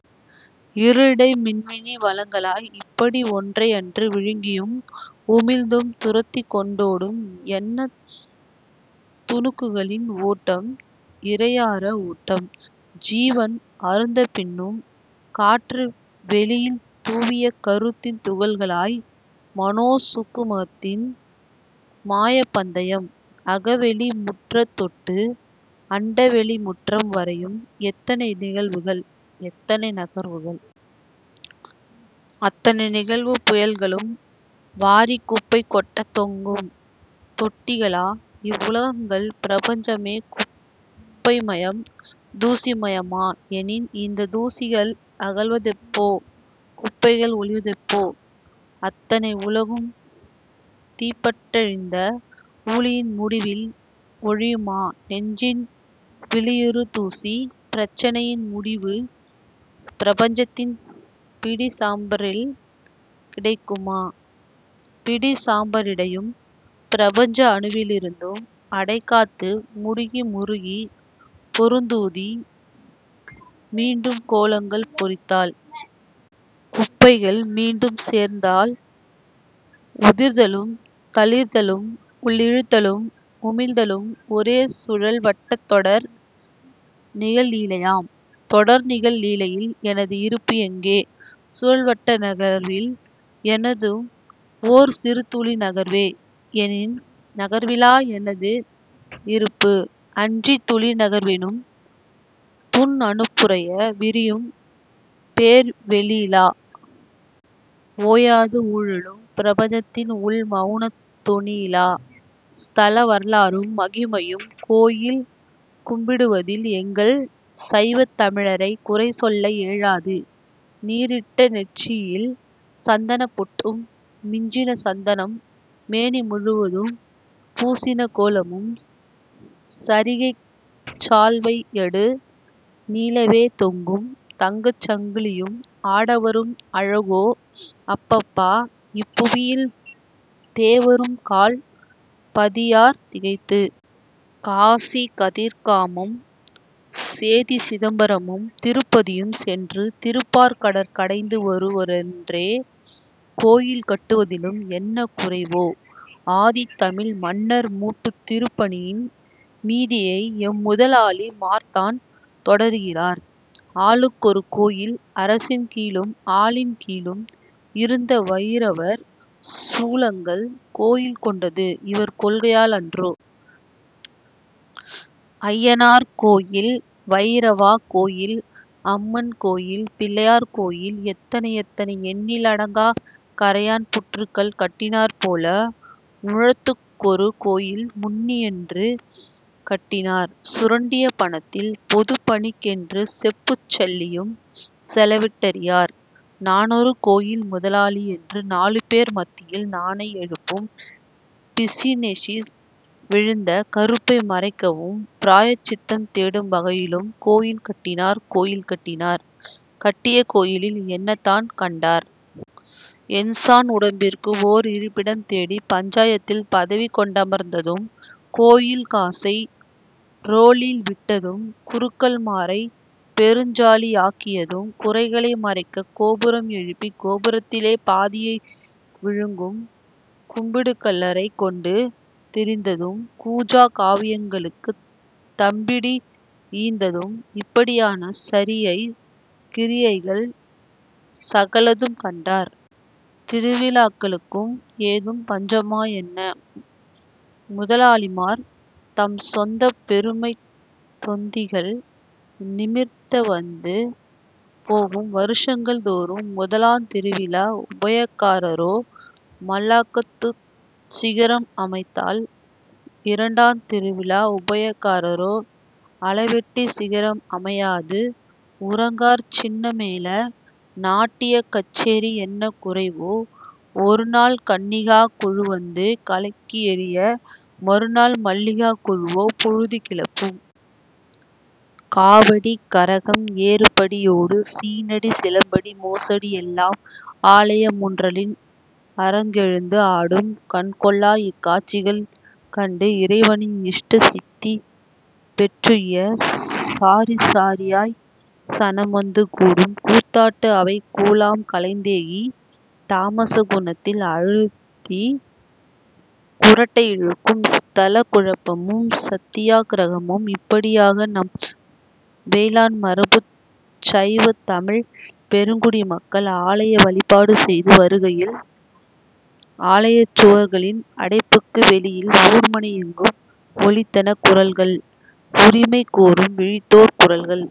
இருளிடை மின்மினி வலங்களாய், இப்படி ஒன்றையன்று விழுங்கியும் உமிழ்ந்தும் துரத்திக் கொண்டோடும் எண்ணத் துணுக்குகளின் ஓட்டம் இடையறா ஓட்டம். ஜீவன் அறுந்தபின்னும் காற்று வெளியில் தூவிய கருத்தின் துகள்களாய் மனோசூக்குமத்தின் மாயப் பந்தயம். அகவெளி முற்றந் தொட்டு அண்டவெளி முற்றம் வரையும் எத்தனை நிகழ்வுகள்! எத்தனை நகர்வுகள்! அத்தனை நிகழ்வுப் புயல்களும் வாரிக் குப்பை கொட்ட தொங்கும் தொட்டிகளா இவ்வுலகங்கள்? பிரபஞ்சமே குப்பைமயம் தூசிமயமா? எனின் இந்தத் தூசிகள் அகல்வதெப்போ? குப்பைகள் ஒழிவதெப்போ? அத்தனை உலகும் தீப்பட்டழிந்த ஊழியின் முடிவில் ஒழியுமா நெஞ்சின் விழியுறு தூசி? பிரச்சனையின் முடிவு பிரபஞ்சத்தின் பிடிசாம்பரில் கிடைக்குமா? பிடிசாம்பரிடையும் பிரபஞ்ச அணுவிலிருந்து அடைகாத்து முடுகி முறுகி பெருத்தூதி மீண்டும் கோளங்கள் பொரித்தால்....? குப்பைகள் மீண்டும் சேர்ந்தால்....? உதிர்தலும் தளிர்தலும் உள்ளிழுத்தலும் உமிழ்தலும் ஒரே சுழல் வட்டத் தொடர் நிகழ்லீலையாம். தொடர்நிகழ் லீலையில் எனது இருப்பு எங்கே? சுழல்வட்ட நகர்வில் எனதும் ஓர் சிறுத்துளி நகர்வே. எனின் நகர்விலா எனது இருப்பு? அன்றி துளி நகர்வெனும் துண் அணுப்புரைய விரியும் பேர் வெளியிலா? ஓயாது உழலும் பிரபஞ்சத்தின் உள் மௌனத் தொனியிலா? ஸ்தல வரலாறும் மகிமையும் கோயில் கும்பிடுவதில் எங்கள் சைவத் தமிழரை குறை சொல்ல ஏலாது நீறிட்ட நெற்றியில் சந்தனப் பொட்டும், மிஞ்சின சந்தனம் மேனிமுழுவதும் பூசின கோலமும் சரிகைச் சால்வை யடு நீளவே தொங்கும் தங்கச் சங்கிலியும் ஆடவரும் அழகோ அப்பப்பா இப்புவியில் தேவரும் கால் பதியார் திகைத்து. காசி கதிர்காமம் சேதிசிதம்பரமும் திருப்பதியும் சென்று திருப்பாற் கடல் கடைந்து வரு வரன்றே. கோயில் கட்டுவதிலும் என்ன குறைவோ? ஆதித் தமிழ் மன்னர் மூட்டுதிருப் பணியின் மீதியை எம்முதலாளி மார்தான் தொடருகிறார் ஆளுக்கொரு கோயில்! அரசின் கீழும் ஆலின் கீழும் இருந்த வயிரவர் சூலங்கள் கோயில் கொண்டது இவர் கொள்கையால் அன்றோ. அய்யனார் கோயில் வயிரவா கோயில் அம்மன் கோயில் பிள்ளையார் கோயில் எத்தனை எத்தனை எண்ணில் அடங்கா கறையான் புற்றுகள் கட்டினாற்போல முழத்துக் கொருகோயில் முன்னின்று கட்டினார். சுரண்டிய பணத்தில் பொதுப் பணிக்கென்று செப்புச் சல்லியும் செலவிட்டறியார் நானொரு கோயில் முதலாளி என்று நாலு பேர் மத்தியில் 'நானை' எழுப்பும் பிஸினெஸில் விழுந்த கறுப்பை மறைக்கவும் பிராயச் சித்தம் தேடும் வகையிலும் கோயில் கட்டினார் கோயில் கட்டினார் கட்டிய கோயிலில் என்னதான் கண்டார்? எண் சாண் உடம்பிற்கு ஒர் இருப்பிடம் தேடி பஞ்சாயத்தில் பதவி கொண்டமர்ந்ததும். கோயில் காசை றோளில் விட்டதும் குருக்கள் மாரை பெருச்சாளியாக்கியதும் குறைகளை மறைக்கக் கோபுரம் எழுப்பி கோபுரத்திலே பாதியை விழுங்கும் கும்பிடுகள்ளரைக் கொண்டு திரிந்ததும் கூஜா காவிகளுக்குத் 'தம்பிடி' ஈந்ததும்- இப்படியான சரியை கிரியைகள் சகலதும் கண்டார். திருவிழாக்களுக்கும் ஏதும் பஞ்சமா என்ன? முதலாளிமார் தம் சொந்தப் பெருமைத் தொந்திகள் நிமிர்த்த வந்து போகும் வருஷங்கள் தோறும். முதலாந் திருவிழா உபயகாரரோ மல்லாகத்துச் சிகரம் அமைத்தால் இரண்டாந் திருவிழா உபயகாரரோ அளவெட்டிச் சிகரம் அமையாது உறங்கார். சின்னமேள, நாட்டியக் கச்சேரி என்ன குறைவோ? ஒருநாள் 'கன்னிகா' குழு வந்து கலக்கியெறிய மறுநாள் மல்லிகா குழுவோ புழுதி கிளப்பும். காவடி, கரகம், ஏறுபடி யோடு சீனடி சிலம்படி மோசடி எல்லாம் ஆலய முன்றலின் அரங்கெழுந்து ஆடும். கண்கொள்ளா இக் காட்சிகள் கண்டு இறைவனின் இஷ்ட சித்தி பெற்றுய்ய சாரிசாரியாய் சனம்வந்து கூடும். கூத்தாட்டு அவைக் குழாம் கலைந்தேகி தாமஸ குணத்தில் அழுந்திக் குறட்டை இழுக்கும். ஸ்தலக் குழப்பமும் சத்தியாக்கிரகமும் இப்படியாக நம் வேளாண் மரபுச் சைவத் தமிழ்ப் பெருங்குடி மக்கள் ஆலய வழிபாடு செய்து வருகையில் ஆலயச் சுவர்களின் அடைப்புக்கு வெளியில் ஊர்மனையெங்கும் ஒலித்தன குரல்கள் உரிமை கோரும் விழித்தோர் குரல்கள்!